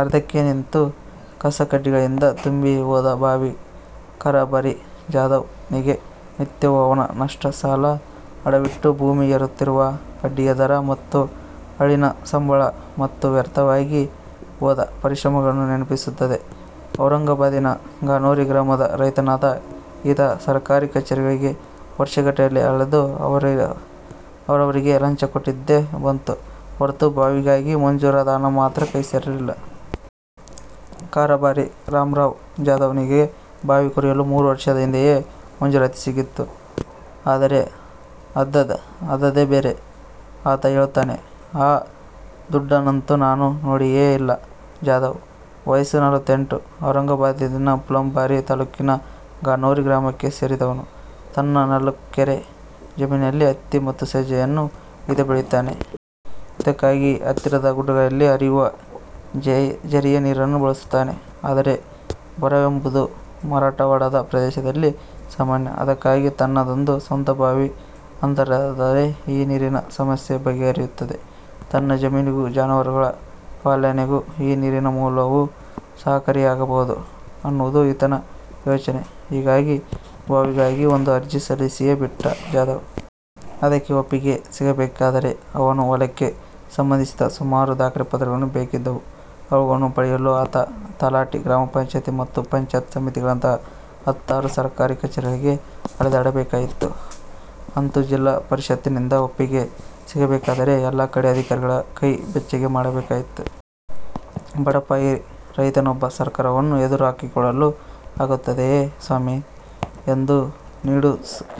ಅರ್ಧಕ್ಕೆ ನಿಂತು, ಕಸ ಕಡ್ಡಿಗಳಿಂದ ತುಂಬಿ ಹೋದ ಬಾವಿ ಕಾರಭಾರಿ ಜಾಧವ್ ನಿಗೆ ನಿತ್ಯವೂ ಅವನ ನಷ್ಟ, ಸಾಲ, ಅಡವಿಟ್ಟ ಭೂಮಿ, ಏರುತ್ತಿರುವ ಬಡ್ಡಿಯ ದರ ಮತ್ತು ಆಳಿನ ಸಂಬಳ ಮತ್ತು ವ್ಯರ್ಥವಾಗಿ ಹೋದ ಪರಿಶ್ರಮಗಳನ್ನು ನೆನಪಿಸುತ್ತದೆ. ಔರಂಗಾಬಾದಿನ ಗನೋರಿ ಗ್ರಾಮದ ರೈತನಾದ ಈತ ಸರಕಾರಿ ಕಛೇರಿಗಳಿಗೆ ವರ್ಷಗಟ್ಟಲೆ ಅಲೆದು ಅವರಿವರಿಗೆ ಲಂಚ ಕೊಟ್ಟಿದ್ದೇ ಬಂತು ಹೊರತು ಬಾವಿಗಾಗಿ ಮಂಜೂರಾದ ಹಣ ಮಾತ್ರ ಕೈ ಸೇರಲಿಲ್ಲ. ಕಾರಭಾರಿ ರಾಮರಾವ್ ಜಾಧವ್ ನಿಗೆ ಬಾವಿ ಕೊರೆಯಲು ಮೂರು ವರ್ಷದ ಹಿಂದೆಯೇ ಮಂಜೂರಾತಿ ಸಿಕ್ಕಿತ್ತು. ಆದರೆ ಆದದ್ದೇ ಬೇರೆ. ಆತ ಹೇಳುತ್ತಾನೆ, "ಆ ದುಡ್ಡನ್ನಂತೂ ನಾನು ನೋಡಿಯೇ ಇಲ್ಲ. " ಜಾಧವ್, ವಯಸ್ಸು ನಲವತ್ತೆಂಟು, ಔರಂಗಾಬಾದಿನ ಫುಲಾಂಬರಿ ತಾಲೂಕಿನ ಗನೋರಿ ಗ್ರಾಮಕ್ಕೆ ಸೇರಿದವನು. ತನ್ನ ನಾಲ್ಕೆಕರೆ ಜಮೀನಿನಲ್ಲಿ ಹತ್ತಿ ಮತ್ತು ಸಜ್ಜೆಯನ್ನು ಈತ ಬೆಳೆಯುತ್ತಾನೆ. ಇದಕ್ಕಾಗಿ ಹತ್ತಿರದ ಗುಡ್ಡಗಳಲ್ಲಿ ಹರಿಯುವ ಝರಿಯ ನೀರನ್ನು ಬಳಸುತ್ತಾನೆ. ಆದರೆ ಬರವೆಂಬುದು ಮರಾಠವಾಡದ ಪ್ರದೇಶದಲ್ಲಿ ಸಾಮಾನ್ಯ. ಅದಕ್ಕಾಗಿ ತನ್ನದೊಂದು ಸ್ವಂತ ಬಾವಿ ಅಂತಾದರೆ ಈ ನೀರಿನ ಸಮಸ್ಯೆ ಬಗೆಹರಿಯುತ್ತದೆ, ತನ್ನ ಜಮೀನಿಗೂ ಜಾನುವಾರುಗಳ ಪಾಲನೆಗೂ ಈ ನೀರಿನ ಮೂಲವು ಸಹಕಾರಿಯಾಗಬಹುದು ಅನ್ನುವುದು ಈತನ ಯೋಚನೆ. ಹೀಗಾಗಿ ಬಾವಿಗಾಗಿ ಒಂದು ಅರ್ಜಿ ಸಲ್ಲಿಸಿಯೇ ಬಿಟ್ಟ ಜಾಧವ್. ಅದಕ್ಕೆ ಒಪ್ಪಿಗೆ ಸಿಗಬೇಕಾದರೆ ಅವನ ಹೊಲಕ್ಕೆ ಸಂಬಂಧಿಸಿದ ಸುಮಾರು ದಾಖಲೆ ಪಾತ್ರಗಳು ಬೇಕಿದ್ದವು. ಅವುಗಳನ್ನು ಪಡೆಯಲು ಆತ ತಲಾಠಿ, ಗ್ರಾಮ ಪಂಚಾಯತ್ ಮತ್ತು ಪಂಚಾಯತ್ ಸಮಿತಿಗಳಂತಹ ಹತ್ತಾರು ಸರಕಾರಿ ಕಛೇರಿಗಳಿಗೆ ಅಲೆದಾಡಬೇಕಾಯಿತು. ಅಂತೂ ಜಿಲ್ಲಾ ಪರಿಷತ್ತಿನಿಂದ ಒಪ್ಪಿಗೆ ಸಿಗಬೇಕಾದರೆ, ಎಲ್ಲಾ ಕಡೆ ಅಧಿಕಾರಿಗಳ ಕೈ ಬೆಚ್ಚಗೆ ಮಾಡಬೇಕಾಯಿತು. "ಬಡಪಾಯಿ ರೈತನೊಬ್ಬ ಸರಕಾರವನ್ನು ಎದುರು ಹಾಕಿಕೊಳ್ಳಲು ಆಗುತ್ತದೆಯೇ ಸ್ವಾಮೀ? ", ಎಂದು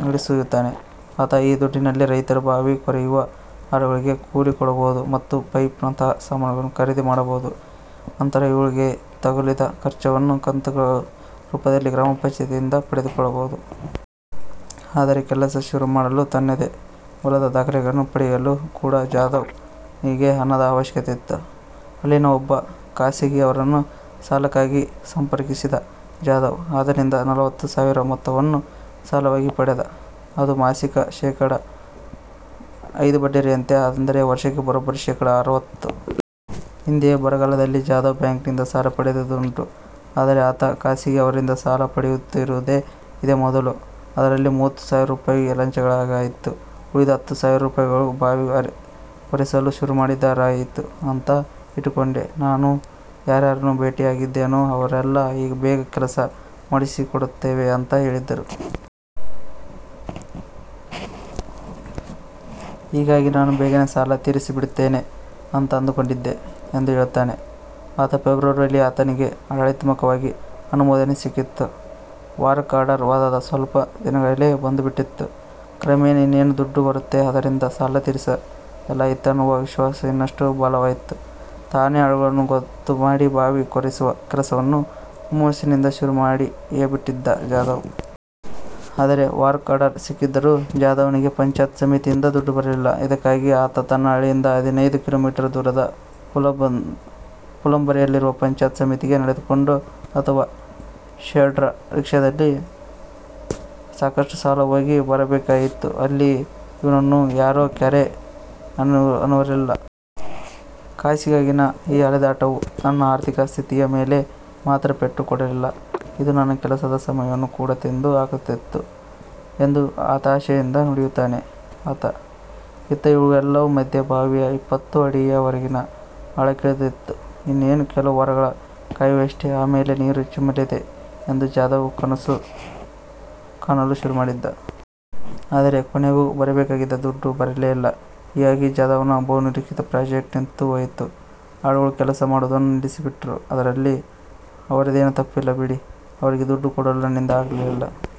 ನಿಡುಸುಯ್ಯುತ್ತಾನೆ ಆತ. ಈ ದುಡ್ಡಿನಲ್ಲಿ ರೈತರು ಬಾವಿ ಕೊರೆಯುವ ಆಳುಗಳಿಗೆ ಕೂಲಿ ಕೊಡಬಹುದು ಮತ್ತು ಪೈಪ್ ನಂತಹ ಸಾಮಾನುಗಳನ್ನು ಖರೀದಿ ಮಾಡಬಹುದು. ನಂತರ ಇವುಗಳಿಗೆ ತಗುಲಿದ ಖರ್ಚನ್ನು ಕಂತುಗಳ ರೂಪದಲ್ಲಿ ಗ್ರಾಮ ಪಂಚಾಯಿತಿಯಿಂದ ಪಡೆದುಕೊಳ್ಳಬಹುದು. ಆದರೆ ಕೆಲಸ ಶುರು ಮಾಡಲು, ತನ್ನದೇ ಹೊಲದ ದಾಖಲೆಗಳನ್ನು ಪಡೆಯಲೂ ಕೂಡ ಜಾಧವ್ ನಿಗೆ ಹಣದ ಅವಶ್ಯಕತೆಯಿತ್ತು. ಅಲ್ಲಿನ ಒಬ್ಬ ಖಾಸಗಿಯವರನ್ನು ಸಾಲಕ್ಕಾಗಿ ಸಂಪರ್ಕಿಸಿದ ಜಾಧವ್ ಆತನಿಂದ ನಲವತ್ತು ಸಾವಿರ ಮೊತ್ತವನ್ನು ಸಾಲವಾಗಿ ಪಡೆದ. ಅದೂ ಮಾಸಿಕ ಶೇಖಡ ಐದ ಬಡ್ಡಿದರದಂತೆ; ಅಂದರೆ ವರ್ಷಕ್ಕೆ ಬರೋಬ್ಬರಿ ಶೇಖಡ ಅರವತ್ತು. ಹಿಂದೆ ಬರಗಾಲದಲ್ಲಿ ಜಾಧವ್ ಬ್ಯಾಂಕಿನಿಂದ ಸಾಲ ಪಡೆದಿದ್ದುಂಟು. ಆದರೆ ಆತ ಖಾಸಗಿಯವರಿಂದ ಸಾಲ ಪಡೆಯುತ್ತಿರುವುದು ಇದೇ ಮೊದಲು. "ಅದರಲ್ಲಿ ಮೂವತ್ತು ಸಾವಿರ ರೂಪಾಯಿ ಲಂಚಗಳಿಗಾಯಿತು. ಉಳಿದ ಹತ್ತು ಸಾವಿರ ರೂಪಾಯಿಗಳನ್ನು ಬಾವಿ ಕೊರೆಸಲು ಶುರು ಮಾಡಿದರಾಯಿತು ಅಂತ ಇಟ್ಟುಕೊಂಡೆ. ನಾನು ಯಾರ್ಯಾರನ್ನು ಭೇಟಿಯಾಗಿದ್ದೆನೋ ಅವರೆಲ್ಲ ಬೇಗ ಕೆಲಸ ಮಾಡಿಸಿಕೊಡುತ್ತೇವೆ ಅಂತ ಹೇಳಿದ್ದರು. ಹೀಗಾಗಿ ನಾನೂ ಬೇಗನೆ ಸಾಲ ತೀರಿಸಿಬಿಡುತ್ತೇನೆ ಅಂತ ಅಂದುಕೊಂಡಿದ್ದೆ", ಎಂದು ಹೇಳುತ್ತಾನೆ ಆತ. ಫೆಬ್ರುವರಿಯಲ್ಲಿ ಆತನಿಗೆ ಆಡಳಿತಾತ್ಮಕ ಅನುಮೋದನೆ ಸಿಕ್ಕಿತ್ತು. ವರ್ಕ್ ಆರ್ಡರ್ ಅದಾದ ಸ್ವಲ್ಪ ದಿನಗಳಲ್ಲೇ ಬಂದುಬಿಟ್ಟಿತು. ಕ್ರಮೇಣ ಇನ್ನೇನು ದುಡ್ಡು ಬರುತ್ತೆ, ಅದರಿಂದ ಸಾಲ ತೀರಿಸಿದರಾಯಿತು ಅನ್ನುವ ವಿಶ್ವಾಸ ಇನ್ನಷ್ಟು ಬಲವಾಯಿತು. ತಾನೇ ಆಳುಗಳನ್ನು ಗೊತ್ತು ಮಾಡಿ ಬಾವಿ ಕೊರೆಸುವ ಕೆಲಸವನ್ನು ಹುಮ್ಮಸ್ಸಿನಿಂದ ಶುರು ಮಾಡಿಯೇಬಿಟ್ಟಿದ್ದ ಜಾಧವ್. ಆದರೆ ವರ್ಕ್ ಆರ್ಡರ್ ಸಿಕ್ಕಿದ್ದರೂ ಜಾಧವ್ ನಿಗೆ ಪಂಚಾಯತ್ ಸಮಿತಿಯಿಂದ ದುಡ್ಡು ಬರಲಿಲ್ಲ. ಇದಕ್ಕಾಗಿ ಆತ ತನ್ನ ಹಳ್ಳಿಯಿಂದ ಹದಿನೈದು ಕಿಲೋಮೀಟರು ದೂರದ ಫುಲಾಂಬರಿಯಲ್ಲಿರುವ ಪಂಚಾಯತ್ ಸಮಿತಿಗೆ ನಡೆದುಕೊಂಡೋ ಅಥವಾ ಶೇರ್ಡ್ ರಿಕ್ಷಾದಲ್ಲಿ ಸಾಕಷ್ಟು ಸಲ ಹೋಗಿ ಬರಬೇಕಾಯಿತು. ಅಲ್ಲಿ ಇವನನ್ನು ಯಾರೂ ಕ್ಯಾರೇ ಅನ್ನುವವರಿರಲಿಲ್ಲ. "ಕಾಸಿಗಾಗಿನ ಈ ಅಲೆದಾಟವು ನನ್ನ ಆರ್ಥಿಕ ಸ್ಥಿತಿಯ ಮೇಲೆ ಮಾತ್ರ ಪೆಟ್ಟು ಕೊಡಲಿಲ್ಲ, ಇದು ನನ್ನ ಕೆಲಸದ ಸಮಯವನ್ನೂ ಕೂಡ ತಿಂದು ಹಾಕುತ್ತಿತ್ತು'', ಎಂದು ಹತಾಶೆಯಿಂದ ನುಡಿಯುತ್ತಾನೆ ಆತ. ಇತ್ತ ಇವೆಲ್ಲವುಗಳ ಮಧ್ಯೆ, ಬಾವಿಯು ಇಪ್ಪತ್ತು ಅಡಿಯವರೆಗಿನ ಆಳಕ್ಕಿಳಿದಿತ್ತು. ಇನ್ನೇನು ಕೆಲವು ವಾರಗಳ ಕಾಯುವಿಕೆಯಷ್ಟೇ, ಆಮೇಲೆ ನೀರು ಚಿಮ್ಮಲಿದೆ ಎಂದು ಜಾಧವ್ ಕನಸು ಕಾಣಲು ಶುರು ಮಾಡಿದ್ದ. ಆದರೆ ಕೊನೆಗೂ ಬರಬೇಕಾಗಿದ್ದ ದುಡ್ಡು ಬರಲೇ ಇಲ್ಲ. ಹೀಗಾಗಿ ಜಾಧವ್ ನ ಬಹುನಿರೀಕ್ಷಿತ ಪ್ರಾಜೆಕ್ಟ್ ನಿಂತು ಹೋಯಿತು. "ಆಳುಗಳು ಕೆಲಸ ಮಾಡುವುದನ್ನು ನಿಲ್ಲಿಸಿಬಿಟ್ಟರು. ಅದರಲ್ಲಿ ಅವರದ್ದೇನೂ ತಪ್ಪಿಲ್ಲ ಬಿಡಿ. ಅವರಿಗೆ ದುಡ್ಡು ಕೊಡಲು ನನ್ನಿಂದ ಆಗಲಿಲ್ಲ.